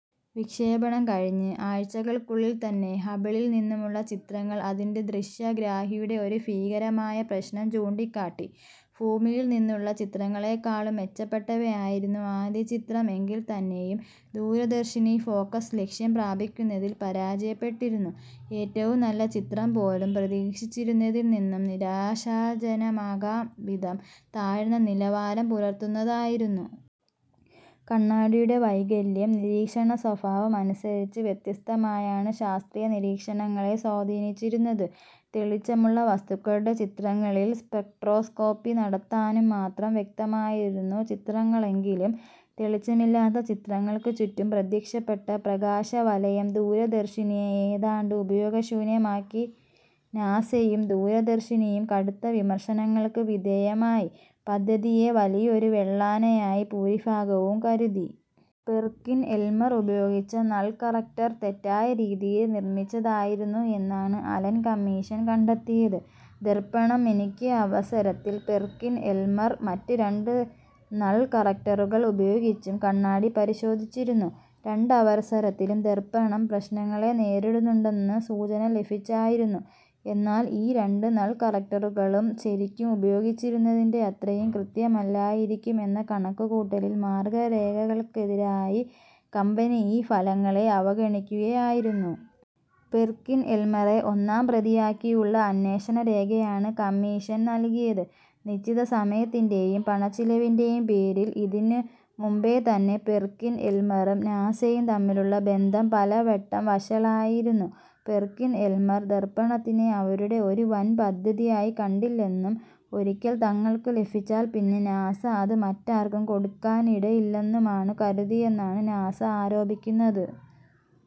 വിക്ഷേപണം കഴിഞ്ഞ് ആഴ്ച്ചകൾക്കുള്ളിൽ തന്നെ ഹബിളിൽ നിന്നുമുള്ള ചിത്രങ്ങൾ അതിന്റെ ദൃശ്യഗ്രാഹിയുടെ ഒരു ഭീകരമായ പ്രശ്നം ചൂണ്ടിക്കാട്ടി. ഭൂമിയിൽ നിന്നുള്ള ചിത്രങ്ങളേക്കാളും മെച്ചപ്പെട്ടവയായിരുന്നു ആദ്യചിത്രം എങ്കിൽ തന്നേയും, ദൂരദർശിനി ഫോകസ് ലക്ഷ്യം പ്രാപിക്കുന്നതിൽ പരാജയപ്പെട്ടിരുന്നു. ഏറ്റവും നല്ല ചിത്രം പോലും പ്രതീക്ഷിച്ചിരുന്നതിൽ നിന്നും നിരാശാജനകമാം വിധം താഴ്ന്ന നിലവാരം പുലർത്തുന്നതായിരുന്നു. കണ്ണാടിയുടെ വൈകല്യം നിരീക്ഷണ സ്വഭാവം അനുസരിച്ച് വ്യത്യസ്തമായാണ് ശാസ്ത്രീയ നിരീക്ഷണങ്ങളെ സ്വാധീനിച്ചിരുന്നത്. തെളിച്ചമുള്ള വസ്തുക്കളുടെ ചിത്രങ്ങളിൽ സ്പെക്ട്രോസ്കോപി നടത്താനും മാത്രം വ്യക്തമായിരുന്നു ചിത്രങ്ങളെങ്കിലും, തെളിച്ചമില്ലാത്ത ചിത്രങ്ങൾക്കു ചുറ്റും പ്രത്യക്ഷപ്പെട്ട പ്രകാശവലയം ദൂരദർശിനിയെ ഏതാണ്ട് ഉപയോഗശൂന്യമാക്കി. നാസയും ദൂരദർശിനിയും കടുത്ത വിമർശനങ്ങൾക്ക് വിധേയമായി, പദ്ധതിയെ വലിയൊരുവെള്ളാനയായി ഭൂരിഭാഗവും കരുതി. പെർകിൻ-എൽമർ ഉപയോഗിച്ച നൾ കറക്റ്റർ തെറ്റായ രീതിയിൽ നിർമ്മിച്ചതായിരുന്നു എന്നാണ് അലൻ കമ്മീഷൻ കണ്ടെത്തിയത്. ദർപ്പണം മിനുക്കിയ അവസരത്തിൽ പെർകിൻ-എൽമർ മറ്റ് രണ്ട് നൾ കറക്റ്ററുകൾ ഉപയോഗിച്ചും കണ്ണാടി പരിശോധിച്ചിരുന്നു. രണ്ടവസരത്തിലും ദർപ്പണം പ്രശ്നങ്ങളെ നേരിടുന്നുണ്ടെന്ന് സൂചന ലഭിച്ചായിരുന്നു. എന്നാൽ ഈ രണ്ടു നൾ കറക്റ്ററുകളും ശരിക്കും ഉപയോഗിച്ചിരുന്നതിന്റെയത്രയും കൃത്യമല്ലായിരിക്കും എന്ന കണക്കുകൂട്ടലിൽ മാർഗ്ഗരേഖകൾക്കെതിരായി കമ്പനി ഈ ഫലങ്ങളെ അവഗണിക്കുകയായിരുന്നു. പെർകിൻ-എൽമറെ ഒന്നാംപ്രതിയാക്കിയുള്ള അന്വേഷണരേഖയാണ് കമ്മീഷൻ നൽകിയത്. നിശ്ചിത സമയത്തിന്റേയും പണച്ചിലവിന്റേയും പേരിൽ ഇതിനു മുമ്പേതന്നെ പെർകിൻ-എൽമറും നാസയും തമ്മിലുള്ള ബന്ധം പലവട്ടം വഷളായിരുന്നു. പെർകിൻ-എൽമർ ദർപ്പണത്തിനെ അവരുടെ ഒരു വൻ പദ്ധതിയായി കണ്ടില്ലെന്നും ഒരിക്കൽ തങ്ങൾക്കു ലഭിച്ചാൽ പിന്നെ നാസ അത് മറ്റാർക്കും കൊടുക്കാനിടയില്ലെന്നുമാണ് കരുതിയെന്നാണ് നാസ ആരോപിക്കുന്നത്.